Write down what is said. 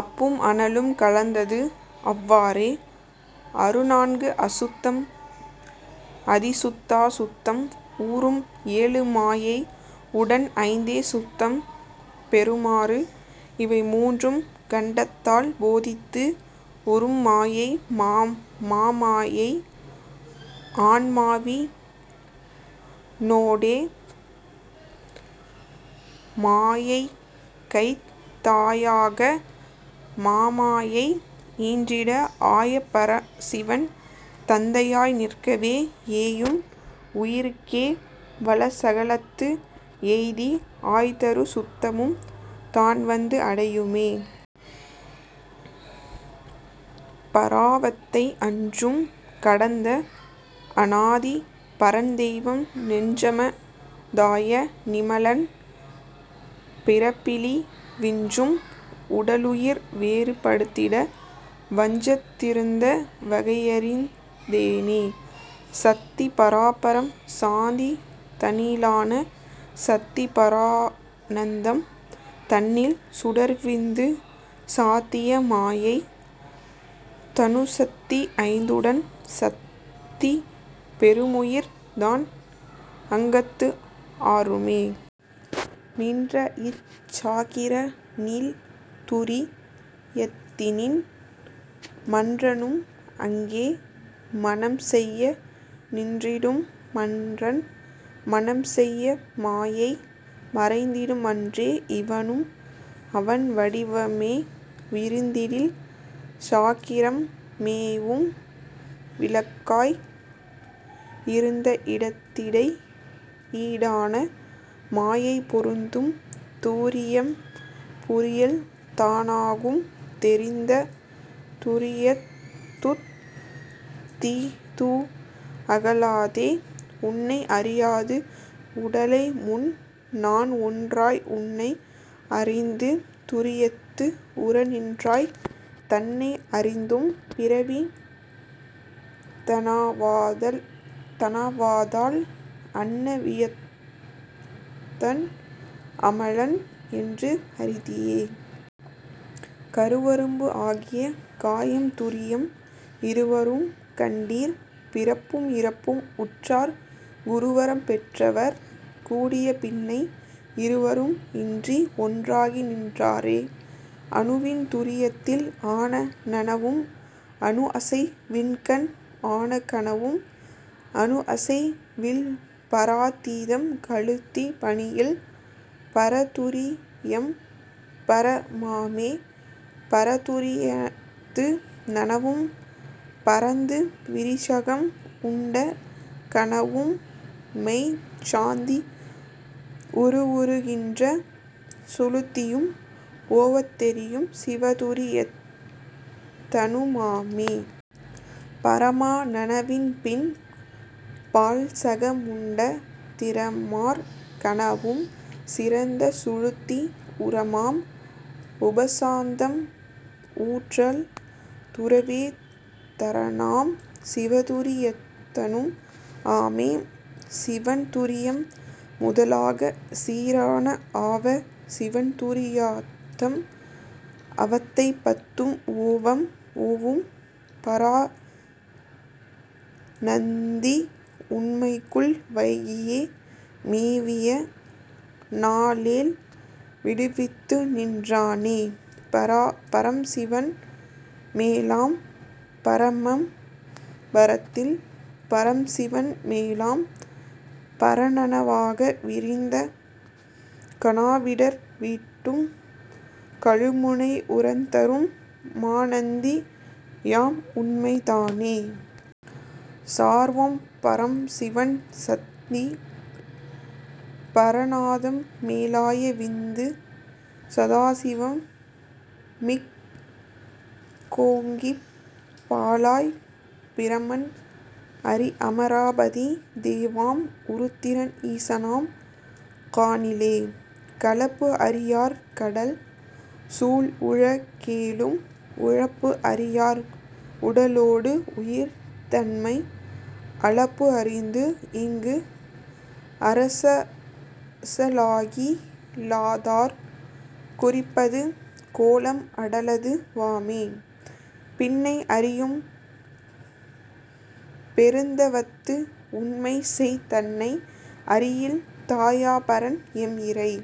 அப்பும் அனலும் கலந்ததுஅவ் வாறே. அறுநான்கு அசுத்தம் அதிசுத்தா சுத்தம் உறும்ஏழு மாயை உடன்ஐந்தே சுத்தம் பெறுமாறு இவைமூன்றும் கண்டத்தால் பேதித்து உறும்மாயை மாமாயை ஆன்மாவி னோடே. மாயைகைத் தாயாக மாமாயை ஈன்றிட ஆய பரசிவன் தந்தையாய் நிற்கவே ஏயும் உயிர்க்கே வலசகலத்து எய்தி ஆய்தரு சுத்தமும் தான்வந்து அடையுமே.. பராவத்தை அஞ்சும் கடந்த அனாதி பரன்தெய்வம் நெஞ்சம தாய நிமலன் பிறப்பிலி விஞ்சும் உடலுயிர் வேறு படுத்திட வஞ்சத் திருந்த வகையறிந் தேனே. சத்தி பராபரம் சாந்தி தனிலான சத்தி பரானந்தம் தன்னில் சுடர்விந்து சாத்திய மாயை தனுச்சத்தி ஐந்துடன் சத்தி பெறுமுயிர் தான்அங்கத்து ஆறுமே. நின்றஇச் சாக்கிர நீள்துரி யத்தினின் மன்றனும் அங்கே மணம்செய்ய நின்றிடும் மன்றன் மணம்செய்ய மாயை மறைந்திடும் அன்றே இவனும் அவன்வடிவமே. விரிந்திடில் சாக்கிரம் மேவும் விளக்காய் இருந்த இடத்திடை ஈடான மாயை பொருந்தும் துரியம் புரியல்தா னாகும் தெரிந்த துரியத்துத் தீதுஅக லாதே. உன்னை அறியாது உடலைமுன் நான்ஒன்றாய் உன்னை அறிந்து துரியத்து உறநின்றாய் தன்னை அறிந்தும் பிறவி தணவாதால் அன்ன வியாத்தன் அமலன் என்று அறிதியே. கருவரம்பு ஆகிய காயம் துரியம் இருவரும் கண்டீர் பிறப்புஇறப்பு உற்றார் குருவரம் பெற்றவர் கூடிய பின்னை இருவரும் இன்றிஒன் றாகி நின் றாரே. அணுவின் துரியத்தில் ஆன நனவும் அணுஅசை வின்கண் ஆனகனவும் அணுஅசை வில்பரா தீதம் கழுத்தி பணியில் பரதுரி யம்பர மாமே. பரதுரி யத்து நனவும் பரந்து விரிசகம் உண்ட கனவும்மெய்ச் சாந்தி உருவுறு கின்ற சுழுத்தியும் ஓவத் தெரியும் சிவதுரி யத்தனு மாமே. பரமா நனவின்பின் பால்சக முண்ட திரமார் கனவும் சிறந்த சுழுத்தி உரமாம் உபசாந்தம் வூற்றல் துறவே தரனாம் சிவதுரி யத்தனும் ஆமே. சீவன் துரியம் முதலாகச் சீரான ஆவ சிவன்துரி யாந்தம் அவத்தைபத்தும் ஓவும் பராநந்தி உண்மைக்குள் வைகியே மேவிய நாலேழ் விடுவித்துநின் றானே. பரம்சிவன் மேலாம் பரமம் பரத்தில் பரம்சிவன் மேலாம் பரநனவாக விரிந்த கனாவிடர் வீட்டும் கழுமுனை உரந்தரும் மாநந்தி யாம்உண்மை தானே. சார்வாம் பரம்சிவன் சத்தி பரநாதம் மேலாய விந்து சதாசிவம் மிக்கோங்கிப் பாலாய்ப் பிரமன் அரிஅம ராபதி தேவாம் உருத்திரன் ஈசனாம் காணிலே. கலப்புஅறி யார்கடல் சூழ்உல கேழும் உலப்புஅறி யார்உட லோடுஉயிர் தன்மை அலப்புஅறிந்து இங்குஅர சாளகி லாதார் குறிப்பது கோலம் அடலது வாமே. பின்னை அறியும் பெருந்தவத்து உண்மைசெய் தன்னை அறியில் தயாபரன் எம்இறை